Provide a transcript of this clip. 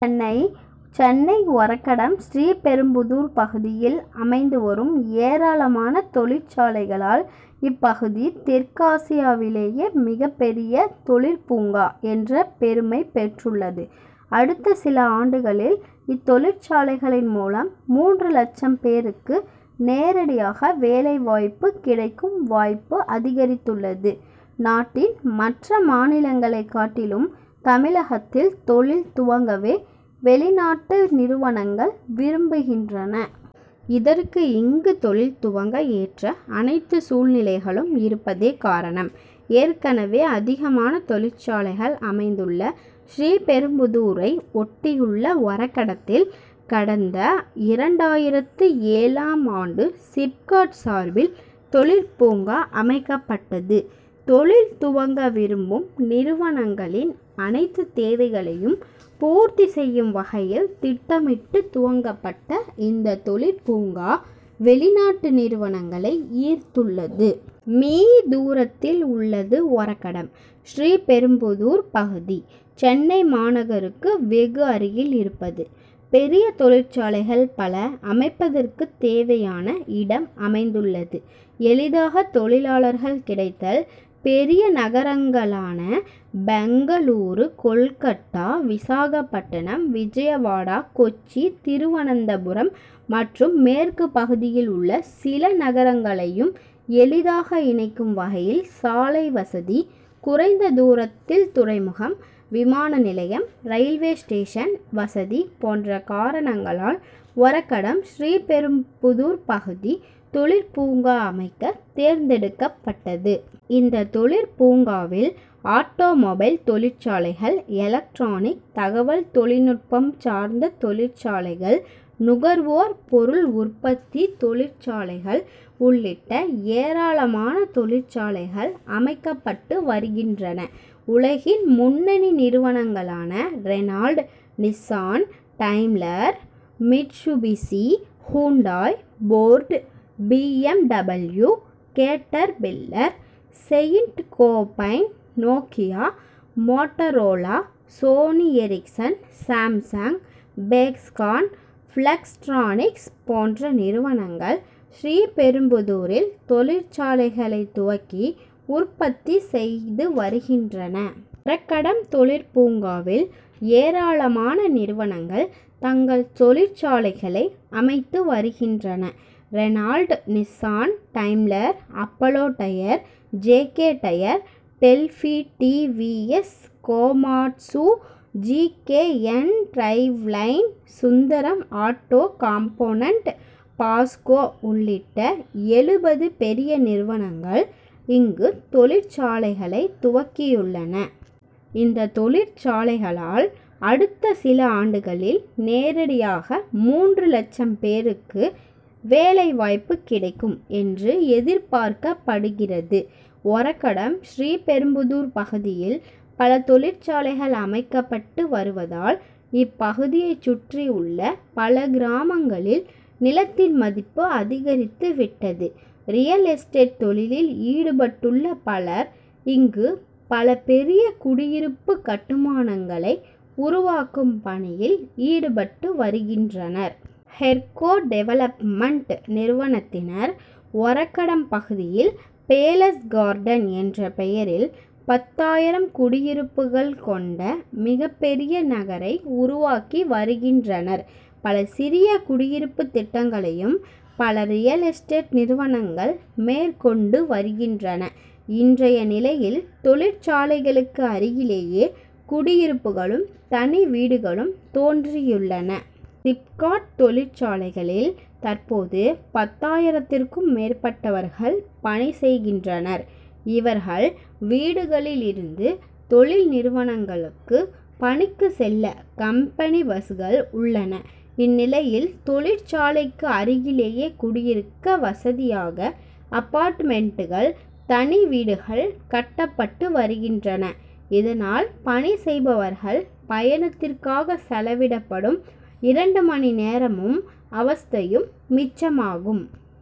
சென்னை சென்னை ஒரகடம் ஸ்ரீபெரும்புதூர் பகுதியில் அமைந்து வரும் ஏராளமான தொழிற்சாலைகளால் இப்பகுதி தெற்காசியவிலேயே மிகப்பெரிய தொழிற் பூங்கா என்ற பெருமை பெற்றுள்ளது. அடுத்த சில ஆண்டுகளில், இத்தொழிற்சாலைகளின் மூலம் மூன்று லட்சம் பேருக்கு நேரடியாக வேலை வாய்ப்பு கிடைக்கும் வாய்ப்பு அதிகரித்துள்ளது. நாட்டின் மற்ற மாநிலங்களை காட்டிலும், தமிழகத்தில் தொழில் துவங்கவே வெளிநாட்டு நிறுவனங்கள் விரும்புகின்றன. இதற்கு, இங்கு தொழில் துவங்க ஏற்ற அனைத்து சூழ்நிலைகளும் இருப்பதே காரணம். ஏற்கனவே அதிகமான தொழிற்சாலைகள் அமைந்துள்ள ஸ்ரீபெரும்புதூரை ஒட்டியுள்ள ஒரகடத்தில், கடந்த இரண்டாயிரத்து ஏழாம் ஆண்டு சிப்காட் சார்பில் தொழிற்பூங்கா அமைக்கப்பட்டது. தொழில் துவங்க விரும்பும் நிறுவனங்களின் அனைத்து தேவைகளையும் பூர்த்தி செய்யும் வகையில் திட்டமிட்டு, துவக்கப்பட்ட இந்த தொழிற்பூங்கா, வெளிநாட்டு நிறுவனங்களை ஈர்த்துள்ளது. மீ., தூரத்தில் உள்ளது ஒரகடம் ஸ்ரீபெரும்புதூர் பகுதி. சென்னை மாநகருக்கு வெகு அருகில் இருப்பது; பெரிய தொழிற்சாலைகள் பல அமைப்பதற்கு தேவையான இடம் அமைந்துள்ளது; எளிதாக தொழிலாளர்கள் கிடைத்தல்; பெரிய நகரங்களான பெங்களூரு, கோல்கட்டா, விசாகப்பட்டினம், விஜயவாடா, கொச்சி, திருவனந்தபுரம் மற்றும் மேற்கு பகுதியில் உள்ள சில நகரங்களையும் எளிதாக இணைக்கும் வகையில் சாலை வசதி; குறைந்த தூரத்தில் துறைமுகம், விமான நிலையம், ரயில்வே ஸ்டேஷன் வசதி போன்ற காரணங்களால் ஒரகடம் ஸ்ரீபெரும்புதூர் பகுதி தொழிற் பூங்கா அமைக்க தேர்ந்தெடுக்கப்பட்டது. இந்த தொழிற் பூங்காவில் ஆட்டோ மொபைல் தொழிற்சாலைகள், எலக்ட்ரானிக், தகவல் தொழில்நுட்பம் சார்ந்த தொழிற்சாலைகள், நுகர்வோர் பொருள் உற்பத்தி தொழிற்சாலைகள் உள்ளிட்ட ஏராளமான தொழிற்சாலைகள் அமைக்கப்பட்டு வருகின்றன. உலகின் முன்னணி நிறுவனங்களான Renault, Nissan, Daimler, Mitsubishi, Hyundai, Ford, B. M. W., Caterpillar, Saint Gobain, Nokia, Motorola, Sony Ericsson, Samsung, Foxconn, Flextronics போன்ற நிறுவனங்கள் ஸ்ரீபெரும்புதூரில் தொழிற்சாலைகளை துவக்கி, உற்பத்தி செய்து வருகின்றன. ஒரகடம் தொழிற்பூங்காவில், ஏராளமான நிறுவனங்கள் தங்கள் தொழிற்சாலைகளை அமைத்து வருகின்றன. Renault Nissan, Daimler, Apollo tyre, J. K. Tyre, Delphi T. V. S., Komatsu, G. K. N Driveline, Sundaram auto component, Posco உள்ளிட்ட எழுபது பெரிய நிறுவனங்கள் இங்கு தொழிற்சாலைகளை துவங்கியுள்ளன. இந்த தொழிற்சாலைகளால், அடுத்த சில ஆண்டுகளில் நேரடியாக மூன்று லட்சம் பேருக்கு வேலை வாய்ப்பு கிடைக்கும் என்று எதிர்பார்க்கப்படுகிறது. ஒரகடம் ஸ்ரீபெரும்புதூர் பகுதியில் பல தொழிற்சாலைகள் அமைக்கப்பட்டு வருவதால் இப்பகுதியை சுற்றி உள்ள பல கிராமங்களில் நிலத்தின் மதிப்பு அதிகரித்து விட்டது. ரியல் எஸ்டேட் தொழிலில் ஈடுபட்டுள்ள பலர், இங்கு பல பெரிய குடியிருப்பு கட்டுமானங்களை உருவாக்கும் பணியில் ஈடுபட்டு வருகின்றனர். ஹெர்கோ டெவலப்மென்ட் நிறுவனத்தினர் ஒரகடம் பகுதியில் "பேலஸ் கார்டன் என்ற பெயரில் பத்தாயிரம் குடியிருப்புகள் கொண்ட மிகப்பெரிய நகரை உருவாக்கி வருகின்றனர். பல சிறிய குடியிருப்பு திட்டங்களையும் பல ரியல் எஸ்டேட் நிறுவனங்கள் மேற்கொண்டு வருகின்றன. இன்றைய நிலையில், தொழிற்சாலைகளுக்கு அருகிலேயே குடியிருப்புகளும், தனி வீடுகளும் தோன்றியுள்ளன. சிப்காட் தொழிற்சாலைகளில் தற்போது பத்தாயிரத்திற்கும் மேற்பட்டவர்கள் பணி செய்கின்றனர். இவர்கள் வீடுகளில் இருந்து தொழில் நிறுவனங்களுக்கு பணிக்கு செல்ல கம்பெனி பஸ்கள் உள்ளன. இந்நிலையில், தொழிற்சாலைக்கு அருகிலேயே குடியிருக்க வசதியாக அப்பார்ட்மென்ட்டுகள், தனி வீடுகள் கட்டப்பட்டு வருகின்றன. இதனால், பணி செய்பவர்கள் பயணத்திற்காக செலவிடப்படும் இரண்டு மணி நேரமும், அவஸ்த்தையும் மிச்சமாகும்.